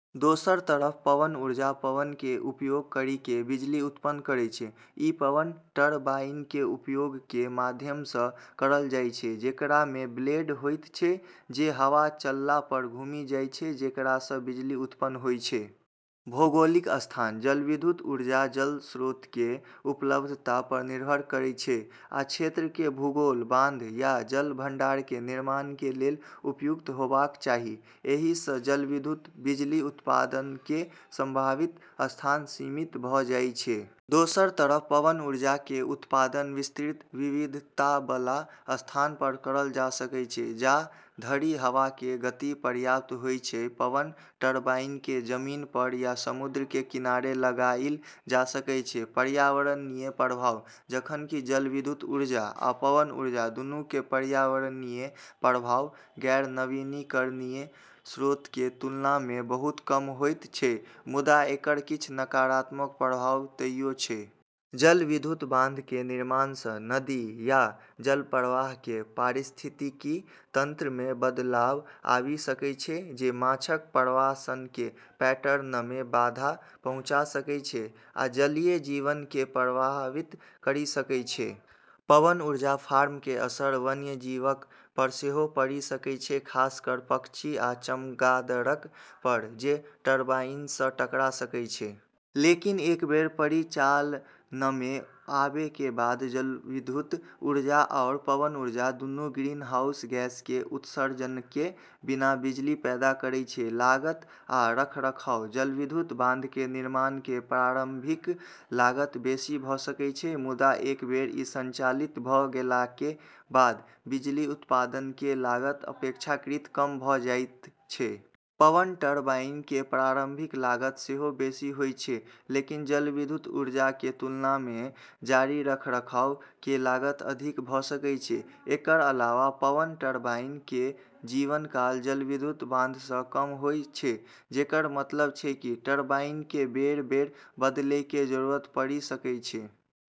दोसर तरफ पवन ऊर्जा, पवनके उपयोग करिके बिजली उत्पन्न करै छै। ई पवन टरबाइनके उपयोगके माध्यमसँ करल जाइ छै, जेकरामे ब्लेड होइत छै जे हवा चलला पर घुमि जाइ छै, जेकरासँ बिजली उत्पन्न होइत छै। भौगोलिक स्थान: जलविद्युत ऊर्जा जल स्रोतके उपलब्धता पर निर्भर करैत छै, आ क्षेत्रके भूगोल, बांध या जल भंडारके निर्माणके लेल उपयुक्त होइबाक चाही। एहिसँ जलविद्युत बिजली उत्पादनके संभावित स्थान सीमित भ' जाइत छै। दोसर तरफ पवन ऊर्जा केर उत्पादन विस्तृत विविधताबला स्थान पर करल जा सकै छै, जा धरि हवाके गति पर्याप्त होइत छै। पवन टरबाइनके जमीन पर या समुद्रके किनारे लगाइल जा सकै छै। पर्यावरणीय प्रभाव: जखन कि जलविद्युत ऊर्जा आ पवन ऊर्जा दुन्नूके पर्यावरणीय प्रभाव गैर-नवीनीकरणीय स्रोतके तुलनामे बहुत कम होइत छै, मुदा एकर किछ नकारात्मक प्रभाव तइयो छै। जलविद्युत बांधके निर्माणसँ नदी या जलप्रवाहके पारिस्थितिकी तंत्रमे बदलाव आबि सकै छै, जे माछक प्रवासनके पैटर्नमे बाधा पहुंचा सकै छै आ जलीय जीवनके प्रभावित करि सकै छै। पवन ऊर्जा फार्मके असर वन्यजीवक पर सेहो पड़ि सकै छै, खासकर पक्षी आ चमगादड़क पर जे टरबाइनसँ टकरा सकै छै। लेकिन एक बेर परिचालनमे आबैके बाद जलविद्युत ऊर्जा आओर पवन ऊर्जा दुन्नू ग्रीनहाउस गैसके उत्सर्जनके बिना बिजली पैदा करै छै। लागत आ रखरखाव: जलविद्युत बांधके निर्माणके प्रारम्भिक लागत बेशी भ' सकै छै, मुदा एक बेर ई संचालित भ' गेलाके बाद बिजली उत्पादनके लागत अपेक्षाकृत कम भ' जाइत छै। पवन टरबाइन केर प्रारंभिक लागत सेहो बेशी होइ छै, लेकिन जलविद्युत ऊर्जाके तुलनामे जारी रखरखाव केर लागत अधिक भ' सकै छै। एकर अलावा पवन टरबाइन केर जीवन काल जलविद्युत बांधसँ कम होइ छै, जेकर मतलब छै कि टरबाइनके बेर - बेर बदलैके जरूरत पड़ि सकै छै।